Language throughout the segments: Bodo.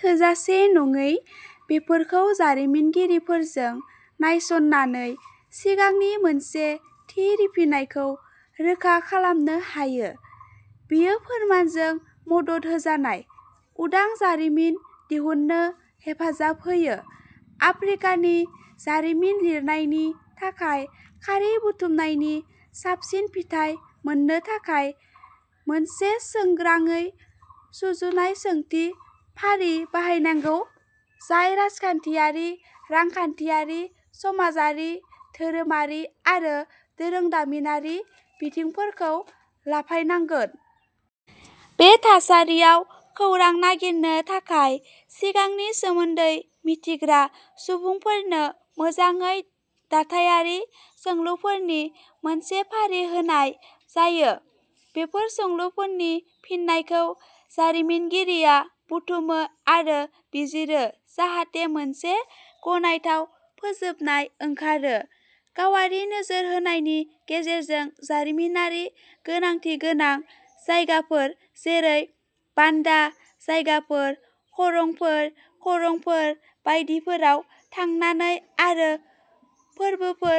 थोजासे नङै बेफोरखौ जारिमिनगिरिजों नायसंनानै सिगांनि मोनसे थि रिफिनायखौ रोखा खालामनो हायो। बेयो फोरमानजों मदद होजानाय उदां जारिमिन दिहुन्नो हेफाजाब होयो। आफ्रिकानि जारिमिन लिरनायनि थाखाय खारि बुथुमनायनि साबसिन फिथाय मोननो थाखाय मोनसे सोंग्राङै सुजुनाय सोंथि फारि बाहायजानांगौ जाय राजखान्थियारि रांखान्थियारि समाजारि धोरोमारि आरो बिरोंदामिनारि बिथिंफोरखौ लाफायनांगोन। बे थासारियाव खौरां नागिरनो थाखाय सिगांनि सोमोन्दै मिन्थिग्रा सुबुंफोरनो मोजाङै दाथायारि सोंलुफोरनि मोनसे फारि होनाय जायो। बेफोर सोंलुफोरनि फिननायखौ जारिमिनगिरिया बुथुमो आरो बिजिरो जाहाथे मोनसे गनायथाव फोजोबनाय ओंखारो गावारि नोजोर होनायनि गेजेरजों जारिमिनारि गोनांथि गोनां जायगाफोर जेरै बान्दा जायगाफोर खरंफोर खरंफोर बायदिफोराव थांनानै आरो फोरबोफोर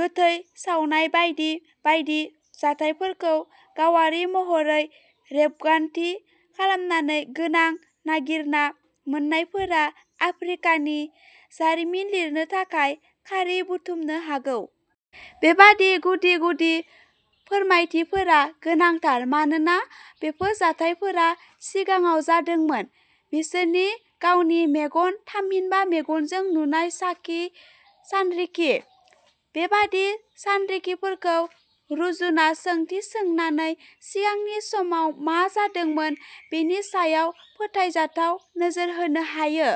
गोथै सावनाय बायदि बायदि जाथायफोरखौ गावारि महरै रेबगान्थि खालामनानै गोनां नागिरना मोन्नायफोरा आफ्रिकानि जारिमिन लिरनो थाखाय खारि बुथुमनो हागौ। बेबादि गुदि-गुदि फोरमायथिफोरा गोनांथार मानोना बेफोर जाथायफोरा सिगाङाव जादोंमोन। बिसोरनि गावनि मेगन थामहिनबा मेगनजों नुनाय साखि सानरिखि। बेबादि सानरिखिफोरखौ रुजुना सोंथि सोंनानै सिगांनि समाव मा जादोंमोन बेनि सायाव फोथायजाथाव नोजोर होनो हायो।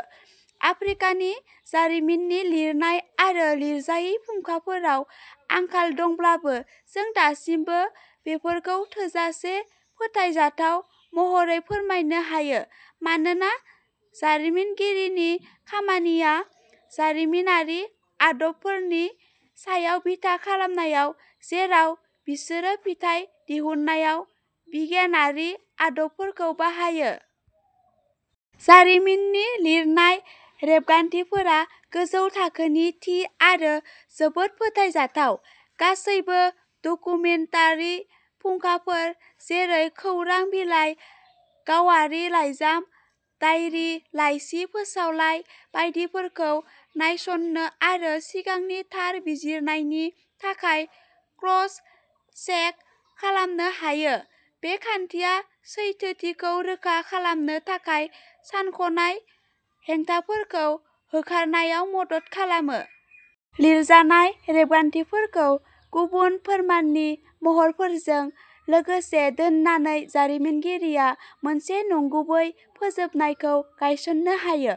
आफ्रिकानि जारिमिननि लिरनाय आरो लिरजायै फुंखाफोराव आंखाल दंब्लाबो जों दासिमबो बेफोरखौ थोजासे फोथायजाथाव महरै फोरमायनो हायो मानोना जारिमिनगिरिनि खामानिया जारिमिनारि आदबफोरनि सायाव बिथा खालामनाय जेराव बिसोरो फिथाइ दिहुननायाव बिगियानारि आदबफोरखौ बाहायो। जारिमिननि लिरनाय रेबगान्थिफोरा गोजौ थाखोनि थि आरो जोबोद फोथायजाथाव। गासैबो डकुमेन्टारि फुंखाफोर जेरै खौरां बिलाइ गावारि लाइजाम दाइरि लाइसि फोसावलाइ बायदिफोरखौ नायसंनो आरो सिगांनि थार बिजिरनायनि थाखाय क्रस चेक खालामनो हायो। बे खान्थिया सैथोथिखौ रोखा खालामनो थाखाय सानख'नाय, हेंथाफोरखौ होखारनायाव मदद खालामो। लिरजानाय रेबगान्थिफोरखौ गुबुन फोरमाननि महरफोरजों लोगोसे दोननानै जारिमिनगिरिया मोनसे नंगुबै फोजोबनायखौ गायसननो हायो।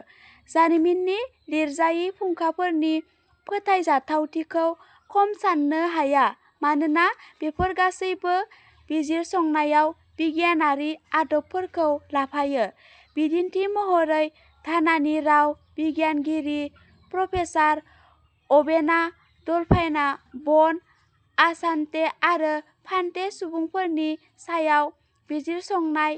जारिमिननि लिरजायै फुंखाफोरनि फोथायजाथावथिखौ खम सान्नो हाया मानोना बेफोर गासैबो बिजिरसंनायाव बिगियानारि आदबफोरखौ लाफायो। बिदिन्थि महरै घानानि राव बिगियानगिरि प्रफेसार अबेना डल्फाइनआ बन आसान्ते आरो फान्ते सुबुंफोरनि सायाव बिजिरसंनाय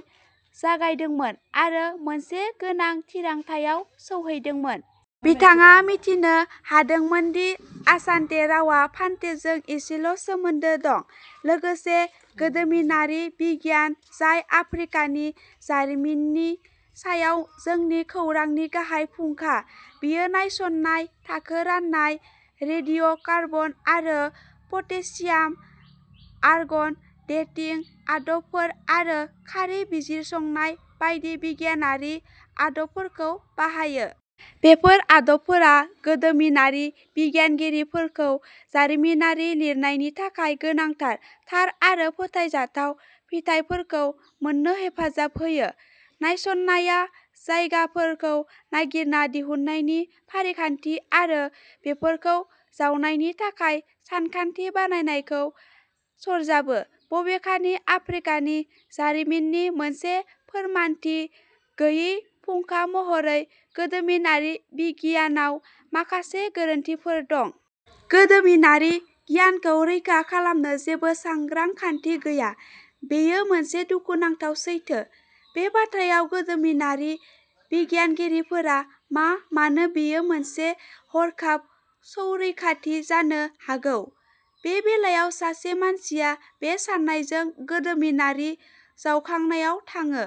जागायदोंमोन आरो मोनसे गोनां थिरांथायाव सौहैदोंमोन। बिथाङा मिथिनो हादोंमोन दि आसान्ते रावआ फान्तेजों एसेल सोमोन्दो दं। लोगोसे गोदोमिनारि बिगियान जाय आफ्रिकानि जारिमिननि सायाव जोंनि खौरांनि गाहाय फुंखा बेयो नायसंनाय थाखो राननाय रेडिय'कार्बन आरो पटेसियाम आर्गन डेटिं आदबफोर आरो खारि बिजिरसंनाय बायदि बिगियानारि आदबफोरखौ बाहायो। बेफोर आदबफोरा गोदोमिनारि बिगियानगिरिफोरखौ जारिमिनारि लिरनायनि थाखाय गोनांथार थार आरो फोथायजाथाव फिथाइफोरखौ मोननो हेफाजाब होयो। नायसंनाया जायगाफोरखौ नागिरना दिहुननायनि फारिखान्थि आरो बेफोरखौ जावनायनि थाखाय सानथांखि बानायनायखौ सरजाबो। बबेखानि आफ्रिकानि जारिमिननि मोनसे फोरमानथि गैयै फुंखा महरै गोदोमिनारि बिगियानाव माखासे गोरोन्थिफोर दं। गोदोमिनारि गियानखौ रैखा खालामनो जेबो सांग्रां खान्थि गैया बेयो मोनसे दुखुनांथाव सैथो। बे बाथ्रायाव गोदोमिनारि बिगियानगिरिफोरा मा मोनो बेयो मोनसे हरखाब संरैखाथि जानो हागौ। बे बेलायाव सासे मानसिया बे साननायजों गोदोमिनारि जावखांनायाव थाङो।